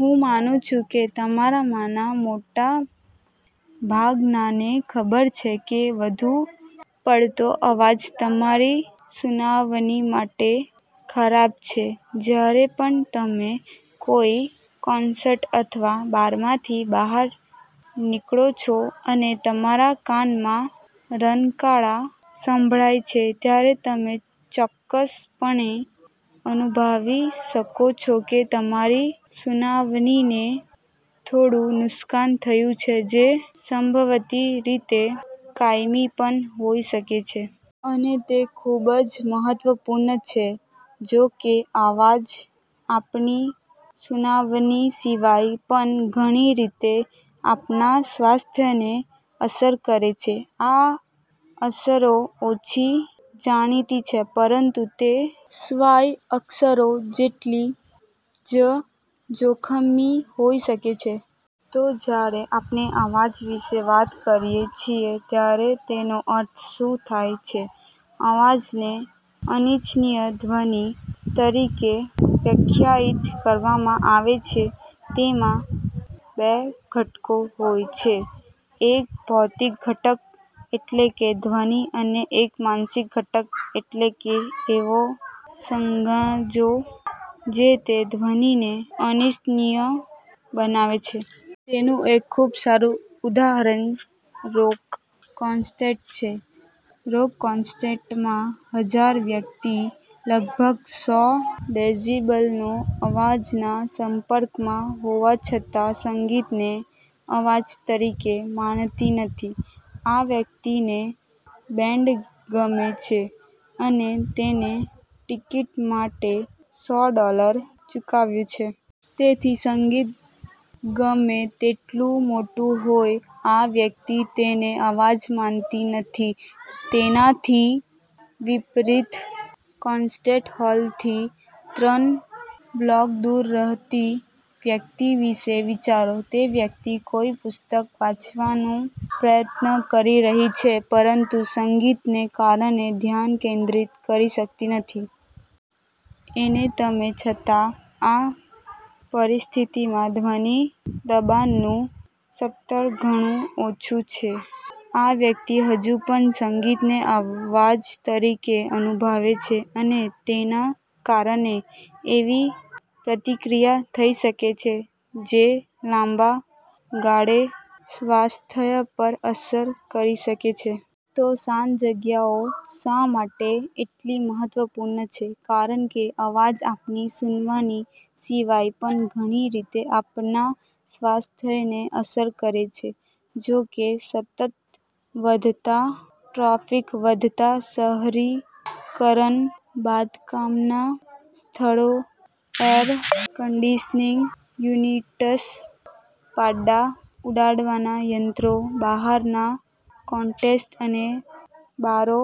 હું માનું છું કે તમારામાંના મોટા ભાગનાને ખબર છે કે વધુ પડતો અવાજ તમારી સુનાવણી માટે ખરાબ છે. જ્યારે પણ તમે કોઈ કોન્સર્ટ અથવા બારમાંથી બહાર નીકળો છો અને તમારા કાનમાં રણકારા સંભળાય છે, ત્યારે તમે ચોક્કસપણે અનુભવી શકો છો કે તમારી સુનાવણીને થોડું નુકસાન થયું છે, જે સંભવિત રીતે કાયમી પણ હોઈ શકે છે. અને તે ખૂબ જ મહત્વપૂર્ણ છે. જોકે, અવાજ આપણી સુનાવણી સિવાય પણ ઘણી રીતે આપણા સ્વાસ્થ્યને અસર કરે છે. આ અસરો ઓછી જાણીતી છે, પરંતુ તે શ્રાવ્ય અસરો જેટલી જ જોખમી હોઈ શકે છે. તો જ્યારે આપણે અવાજ વિશે વાત કરીએ છીએ, ત્યારે તેનો અર્થ શું થાય છે? અવાજને અનિચ્છનીય ધ્વનિ તરીકે વ્યાખ્યાયિત કરવામાં આવે છે. તેમાં બે ઘટકો હોય છે: એક ભૌતિક ઘટક, એટલે કે ધ્વનિ, અને એક માનસિક ઘટક, એટલે કે એવા સંજોગો જે તે ધ્વનિને અનિચ્છનીય બનાવે છે. તેનું એક ખૂબ સારું ઉદાહરણ રોક કોન્સર્ટ છે. રોક કોન્સર્ટમાં હાજર વ્યક્તિ લગભગ સો ડેસિબલના અવાજના સંપર્કમાં હોવા છતાં સંગીતને અવાજ તરીકે માનતી નથી. આ વ્યક્તિને બેન્ડ ગમે છે અને તેણે ટિકિટ માટે સો ડોલર ચૂકવ્યા છે. તેથી સંગીત ગમે તેટલું મોટું હોય, આ વ્યક્તિ તેને અવાજ માનતી નથી. તેનાથી વિપરીત, કોન્સર્ટ હોલથી ત્રણ બ્લોક દૂર રહેતી વ્યક્તિ વિશે વિચારો. તે વ્યક્તિ કોઈ પુસ્તક વાંચવાનો પ્રયત્ન કરી રહી છે, પરંતુ સંગીતને કારણે ધ્યાન કેન્દ્રિત કરી શકતી નથી. અને તેમ છતાં આ પરિસ્થિતિમાં ધ્વનિ દબાણનું સ્તર ઘણું ઓછું છે, આ વ્યક્તિ હજુ પણ સંગીતને અવાજ તરીકે અનુભવે છે અને તેના કારણે એવી પ્રતિક્રિયા થઈ શકે છે, જે લાંબા ગાળે સ્વાસ્થ્ય પર અસર કરી શકે છે. તો શાંત જગ્યાઓ શા માટે એટલી મહત્વપૂર્ણ છે? કારણ કે અવાજ આપણી સુનાવણી સિવાય પણ ઘણી રીતે આપણા સ્વાસ્થ્યને અસર કરે છે. જોકે, સતત વધતા ટ્રાફિક, વધતા શહેરીકરણ, બાંધકામના સ્થળો, એર કન્ડિશનિંગ યુનિટ્સ, પાંદડાં ઉડાડવાના યંત્રો, બહારના કોન્સર્ટ અને બારો,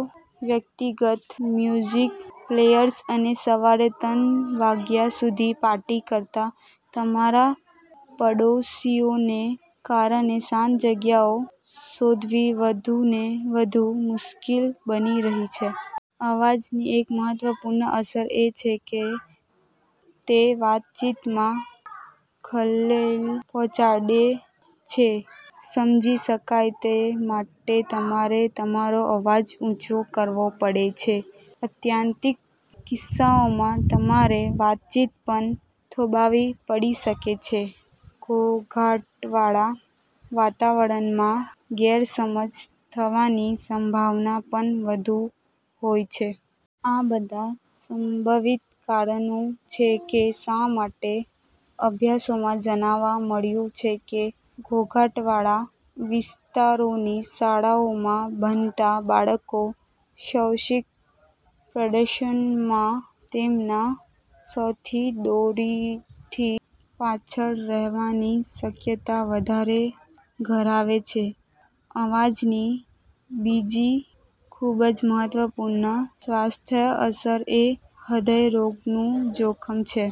વ્યક્તિગત મ્યુઝિક પ્લેયર્સ અને સવારે ત્રણ વાગ્યા સુધી પાર્ટી કરતા તમારા પડોશીઓને કારણે શાંત જગ્યાઓ શોધવી વધુને વધુ મુશ્કેલ બની રહી છે. અવાજની એક મહત્વપૂર્ણ અસર એ છે કે તે વાતચીતમાં ખલેલ પહોંચાડે છે. સમજી શકાય તે માટે તમારે તમારો અવાજ ઊંચો કરવો પડે છે. આત્યંતિક કિસ્સાઓમાં, તમારે વાતચીત પણ થોભાવવી પડી શકે છે. ઘોંઘાટવાળા વાતાવરણમાં ગેરસમજ થવાની સંભાવના પણ વધુ હોય છે. આ બધાં સંભવિત કારણો છે કે શા માટે અભ્યાસોમાં જાણવા મળ્યું છે કે ઘોંઘાટવાળા વિસ્તારોની શાળાઓમાં ભણતાં બાળકો શૈક્ષણિક પ્રદર્શનમાં તેમના સાથીદારોથી પાછળ રહેવાની શક્યતા વધારે ધરાવે છે. અવાજની બીજી ખૂબ જ મહત્વપૂર્ણ સ્વાસ્થ્ય અસર એ હૃદયરોગનું જોખમ છે.